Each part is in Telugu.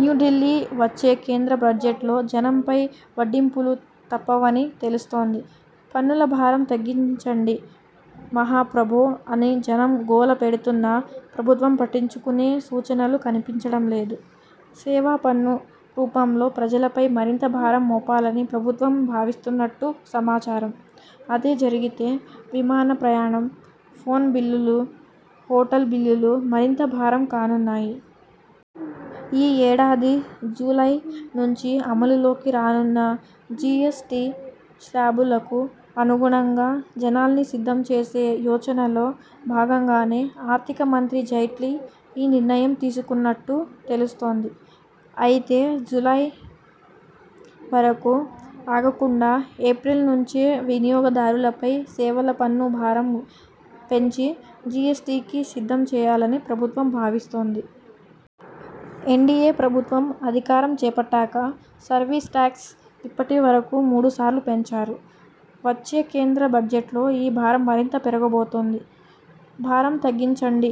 న్యూఢిల్లీ వచ్చే కేంద్ర బడ్జెట్లో జనంపై వడ్డింపులు తప్పవని తెలుస్తోంది. పన్నుల భారం తగ్గించండి మహాప్రభో అని జనం గోల పెడుతున్నా ప్రభుత్వం పట్టించుకునే సూచనలు కనిపించడం లేదు. సేవా పన్ను రూపంలో ప్రజలపై మరింత భారం మోపాలని ప్రభుత్వం భావిస్తున్నట్టు సమాచారం. అదే జరిగితే విమాన ప్రయాణం, ఫోన్ బిల్లులు, హోటల్ బిల్లులు మరింత భారం కానున్నాయి. ఈ ఏడాది జూలై నుంచి అమలులోకి రానున్న జి ఎస్ టి శ్లాబులకు అనుగుణంగా జనాల్ని సిద్ధం చేసే యోచనలో భాగంగానే ఆర్థిక మంత్రి జైట్లీ ఈ నిర్ణయం తీసుకున్నట్టు తెలుస్తోంది. అయితే జూలై వరకు ఆగకుండా ఏప్రిల్ నుంచే వినియోగదారులపై సేవల పన్ను భారం పెంచి జి ఎస్ టి కి సిద్ధం చేయాలని ప్రభుత్వం భావిస్తోంది. ఎన్డిఎ ప్రభుత్వం అధికారం చేపట్టాక సర్వీస్ టాక్స్ ఇప్పటి వరకు మూడుసార్లు పెంచారు. వచ్చే కేంద్ర బడ్జెట్లో ఈ భారం మరింత పెరగబోతోంది. భారం తగ్గించండి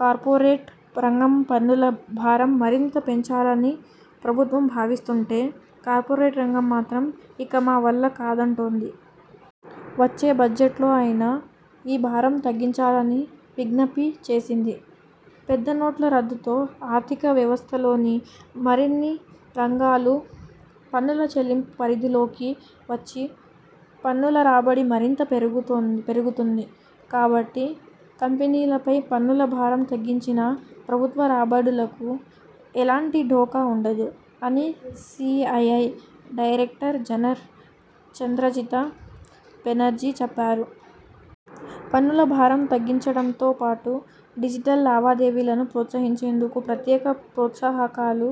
కార్పొరేట్ రంగంపన్నుల భారం మరింత పెంచాలని ప్రభుత్వం భావిస్తుంటే కార్పొరేట్ రంగం మాత్రం ఇక మా వల్ల కాదంటోంది. వచ్చే బడ్జెట్లో అయినా ఈ భారం తగ్గించాలని విజ్ఞపి చేసింది. 'పెద్ద నోట్ల రద్దుతో ఆర్థిక వ్యవస్థలోని మరిన్ని రంగాలు పన్నుల చెల్లింపు పరిధిలోకి వచ్చి, పన్నుల రాబడి మరింత పెరుగుతోంది పెరుగుతుంది. కాబట్టి కంపెనీలపై పన్నుల భారం తగ్గించినా ప్రభుత్వ రాబడులకు ఎలాంటి ఢోకా ఉండదు' అని CII director general Chandrajit Banerjee చెప్పారు. పన్నుల భారం తగ్గించడంతో పాటు డిజిటల్ లావాదేవీలను ప్రోత్సహించేందుకు ప్రత్యేక ప్రోత్సాహకాలు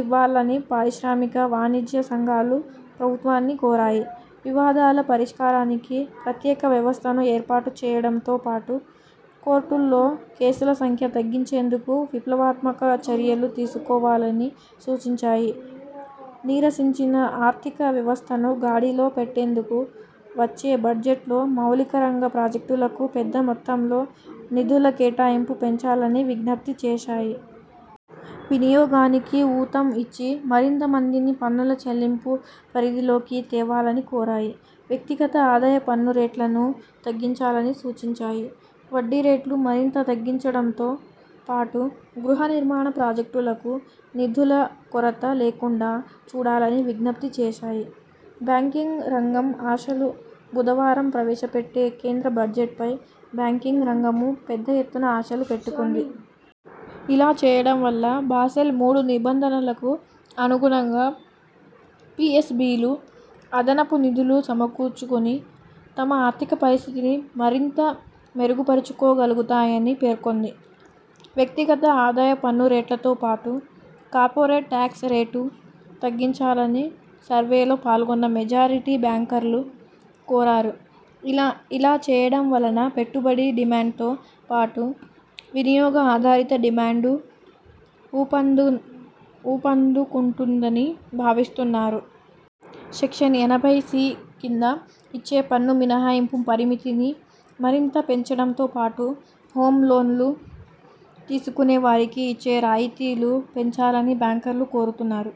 ఇవ్వాలని పారిశ్రామిక, వాణిజ్య సంఘాలు ప్రభుత్వాన్ని కోరాయి. వివాదాల పరిష్కారానికి ప్రత్యేక వ్యవస్థను ఏర్పాటు చేయడంతో పాటు కోర్టుల్లో కేసుల సంఖ్య తగ్గించేందుకు విప్లవాత్మక చర్యలు తీసుకోవాలని సూచించాయి. నీరసించిన ఆర్థిక వ్యవస్థను గాడిలో పెట్టేందుకు వచ్చే బడ్జెట్లో మౌలిక రంగ ప్రాజెక్టులకు పెద్ద మొత్తంలో నిధుల కేటాయింపు పెంచాలని విజ్ఞప్తి చేశాయి. వినియోగానికి ఊతం ఇచ్చి, మరింత మందిని పన్నుల చెల్లింపు పరిధిలోకి తేవాలని కోరాయి. వ్యక్తిగత ఆదాయ పన్ను రేట్లనూ తగ్గించాలని సూచించాయి. వడ్డీ రేట్లు మరింత తగ్గించడంతో పాటు గృహ నిర్మాణ ప్రాజెక్టులకు నిధుల కొరత లేకుండా చూడాలని విజ్ఞప్తి చేశాయి. బ్యాంకింగ్ రంగం ఆశలు బుధవారం ప్రవేశపెట్టే కేంద్ర బడ్జెట్పై బ్యాంకింగ్ రంగమూ పెద్ద ఎత్తున ఆశలు పెట్టుకుంది. ఇలా చేయడం వల్ల బాసెల్ మూడు నిబంధనలకు అనుగుణంగా పిఎస్ బిలు అదనపు నిధులు సమకూర్చుకుని తమ ఆర్థిక పరిస్థితిని మరింత మెరుగుపరుచుకోగలుగుతాయని పేర్కొంది. వ్యక్తిగత ఆదాయ పన్ను రేట్లతోపాటు కార్పొరేట్ టాక్స్ రేటూ తగ్గించాలని సర్వేలో పాల్గొన్న మెజారిటీ బ్యాంకర్లు కోరారు. ఇల ఇలా చేయడం వలన పెట్టుబడి డిమాండ్తో పాటు, వినియోగ ఆధారిత డిమాండూఊపందున్ ఊపందుకుంటుందని భావిస్తున్నారు. సెక్షన్ ఎనభై సి కింద ఇచ్చే పన్ను మినహాయింపు పరిమితిని మరింత పెంచడంతోపాటు, హోమ్ లోన్లు తీసుకునే వారికి ఇచ్చే రాయితీలు పెంచాలని బ్యాంకర్లు కోరుతున్నారు.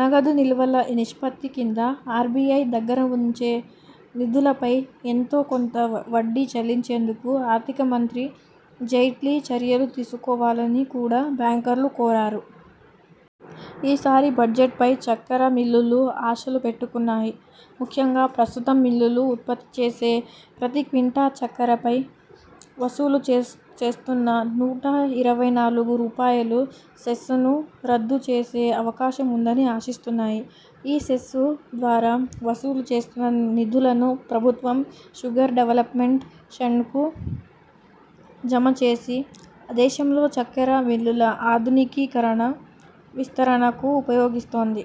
నగదు నిల్వల నిష్పత్తి కింద ఆర్బిఐ దగ్గర ఉంచే నిధులపై ఎంతో కొంత వడ్డీ చెల్లించేందుకు ఆర్థిక మంత్రి జైట్లీ చర్యలు తీసుకోవాలని కూడా బ్యాంకర్లు కోరారు. ఈసారి బడ్జెట్ పై చక్కెర మిల్లులూ ఆశలు పెట్టుకున్నాయి. ముఖ్యంగా ప్రస్తుతం మిల్లులు ఉత్పత్తి చేసే ప్రతి క్వింటా చక్కెరపై వసూలు చేస్ చేస్తున్న నూట ఇరవై నాలుగు రూపాయలు సెస్సును రద్దు చేసే అవకాశం ఉందని ఆశిస్తున్నాయి. ఈ సెస్సు ద్వారా వసూలు చేస్తున్న నిధులను ప్రభుత్వం షుగర్ డెవల్పమెంట్ ఫండ్కు జమ చేసి దేశంలో చక్కెర మిల్లుల ఆధునికీకరణ, విస్తరణకు ఉపయోగిస్తోంది.